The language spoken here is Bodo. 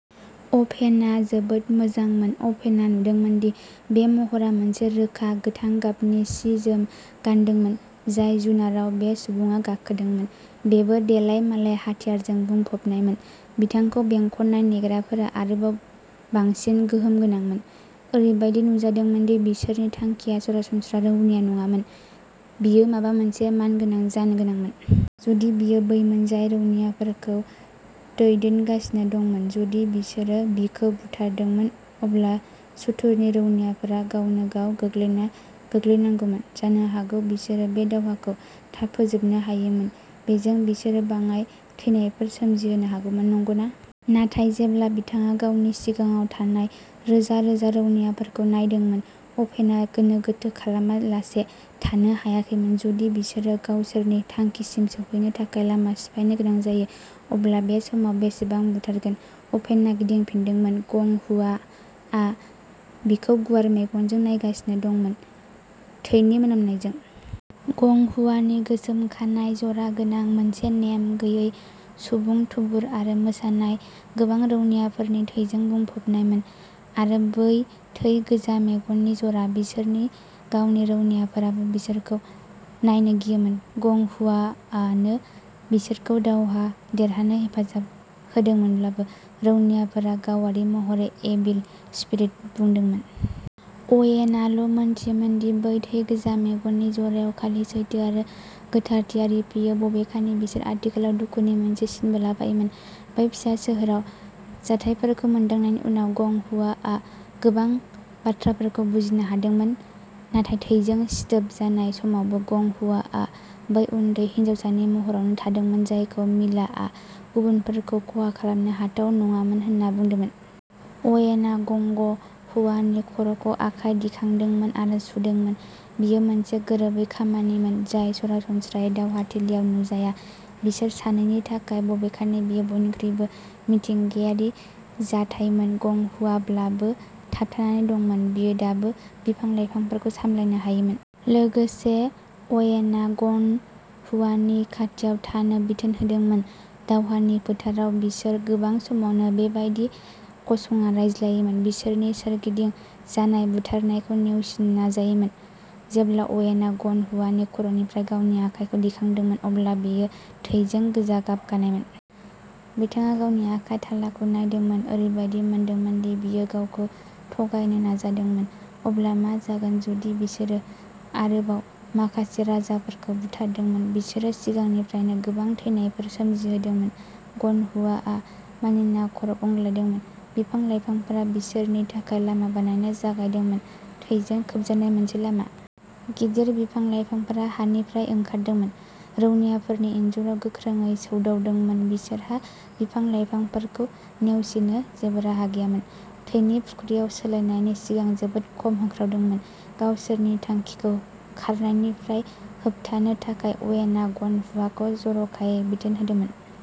अभेनआ जोबोद मोजांमोन, अभेनआ नुदोंमोन दि बे महरआ मोनसे रोखा, गोथां गाबनि सि-जोम गानदोंमोन। जाय जुनाराव बे सुबुङा गाखोदोंमोन, बेबो देलाय मालाय हाथियारजों बुंफबनायमोन। बिथांखौ बेंखननाय नेग्राफोरा आरोबाव बांसिन गोहोम गोनांमोन। ओरैबायदि नुजादोंमोन दि बिसोरनि थांखिया सरासनस्रा रौनिया नङामोन| बियो माबा मोनसे मानगोनां जानो गोनांमोन। जुदि बियो बैमोन जाय रौनियाफोरखौ दैदेनगासिनो दंमोन, जुदि बिसोरो बिखौ बुथारदोंमोन, अब्ला सुथुरनि रौनियाफोरा गावनो गाव गोग्लैना गोग्लैनांगौमोन। जानो हागौ बिसोरो बे दावहाखौ थाब फोजोबनो हायोमोन। बेजों, बिसोरो बाङाइ थैनायफोर सोमजिहोनो हागौमोन, नंगौना? नाथाय जेब्ला बिथाङा गावनि सिगाङाव थानाय रोजा-रोजा रौनियाफोरखौ नायदोंमोन, अभेनआ गोनो गोथो खालामालासे थानो हायाखैमोन। जुदि बिसोरो गावसोरनि थांखिसिम सौहैनो थाखाय लामा सिफायनो गोनां जायो, अब्ला बे समाव बेसेबां बुथारगोन? अभेनआ गिदिंफिनदोंमोन। गं हुआ आ बिखौ गुवार मेगनजों नायगासिनो दंमोन, थैनि मोनामनायजों। गं हुआनि गोसोम खानाइ, जरा गोनां। मोनसे नेम गैयै सुबुं थुबुर आरो मोसानाय, गोबां रौनियाफोरनि थैजों बुंफबनायमोन। आरो बै थै गोजा मेगननि जरा; बिसोरनि गावनि रौनियाफोराबो बिसोरखौ नायनो गियोमोन। गं हुआआनो बिसोरखौ दावहा देरहानो हेफाजाब होदोंमोनब्लाबो, रौनियाफोरा गावारि महरै एविल स्पिरिट बुंदोंमोन। अवेनआल' मोनथियोमोन दि बै थै गोजा मेगननि जरायाव खालि सैथो आरो गोथारथिया रिफियो, बबेखानि बिसोर आथिखालाव दुखुनि मोनसे सिनबो लाफायोमोन। बै फिसा सोहोराव जाथायफोरखौ मोनदांनायनि उनाव, गं हुआआ गोबां बाथ्राफोरखौ बुजिनो हादोंमोन। नाथाय थैजों सिदोब जानाय समावबो, गं हुआआ बै उन्दै हिनजावसानि महरावनो थादोंमोन जायखौ मिलाआ गुबुनफोरखौ खहा खालामनो हाथाव नङामोन होन्ना बुंदोंमोन। अवेनआ गंग हुआनि खर'खौ आखाय दिखांदोंमोन आरो सुदोंमोन। बेयो मोनसे गोरोबै खामानिमोन, जाय सरासनस्रायै दावहाथिलियाव नुजाया। बिसोर सानैनि थाखाय, बबेखानि, बेयो बयनिख्रुइबो मिथिंगायारि जाथायमोन। गं हुआब्लाबो। थाबथानानै दंमोन, बियो दाबो बिफां-लाइफांफोरखौ सामलायनो हायोमोन। लोगोसे, अवेनआ ग'न हुआनि खाथियाव थानो बिथोन होदोंमोन। दावहानि फोथाराव, बिसोर गोबां समावनो बेबायदि गसंना रायज्लायोमोन, बिसोरनि सोरगिदिं जानाय बुथारनायखौ नेवसिनो नाजायोमोन। जेब्ला अवेनआ ग'न हुआनि खर'निफ्राय गावनि आखायखौ दैखांदोंमोन, अब्ला बेयो थैजों गोजा गाब गानायमोन। बिथाङा गावनि आखाइ थालाखौ नायदोंमोन, ओरैबायदि मोनदोंमोन दि बियो गावखौ थगायनो नाजादोंमोन। अब्ला मा जागोन जुदि बिसोरो आरोबाव माखासे राजाफोरखौ बुथारदोंमोन? बिसोरो सिगांनिफ्रायनो गोबां थैनायफोर सोमजिहोदोंमोन। ग'न हुआआ मानिना खर' गंग्लायदोंमोन। बिफां-लाइफांफोरा बिसोरनि थाखाय लामा बानायनो जागायदोंमोन, थैजों खोबजानाय मोनसे लामा। गिदिर बिफां-लाइफांफोरा हानिफ्राय ओंखारदोंमोन, रौनियाफोरनि इन्जुराव गोख्रोंयै सौदावदोंमोन। बिसोरहा बिफां-लाइफांफोरखौ नेवसिनो जेबो राहा गैयामोन, थैनि फुख्रियाव सोलायनायनि सिगां जोबोद खम होख्रावदोंमोन। गावसोरनि थांखिखौ खारनायनिफ्राय होबथानो थाखाय, अवेनआ ग'न हुआखौ जर'खायै बिथोन होदोंमोन।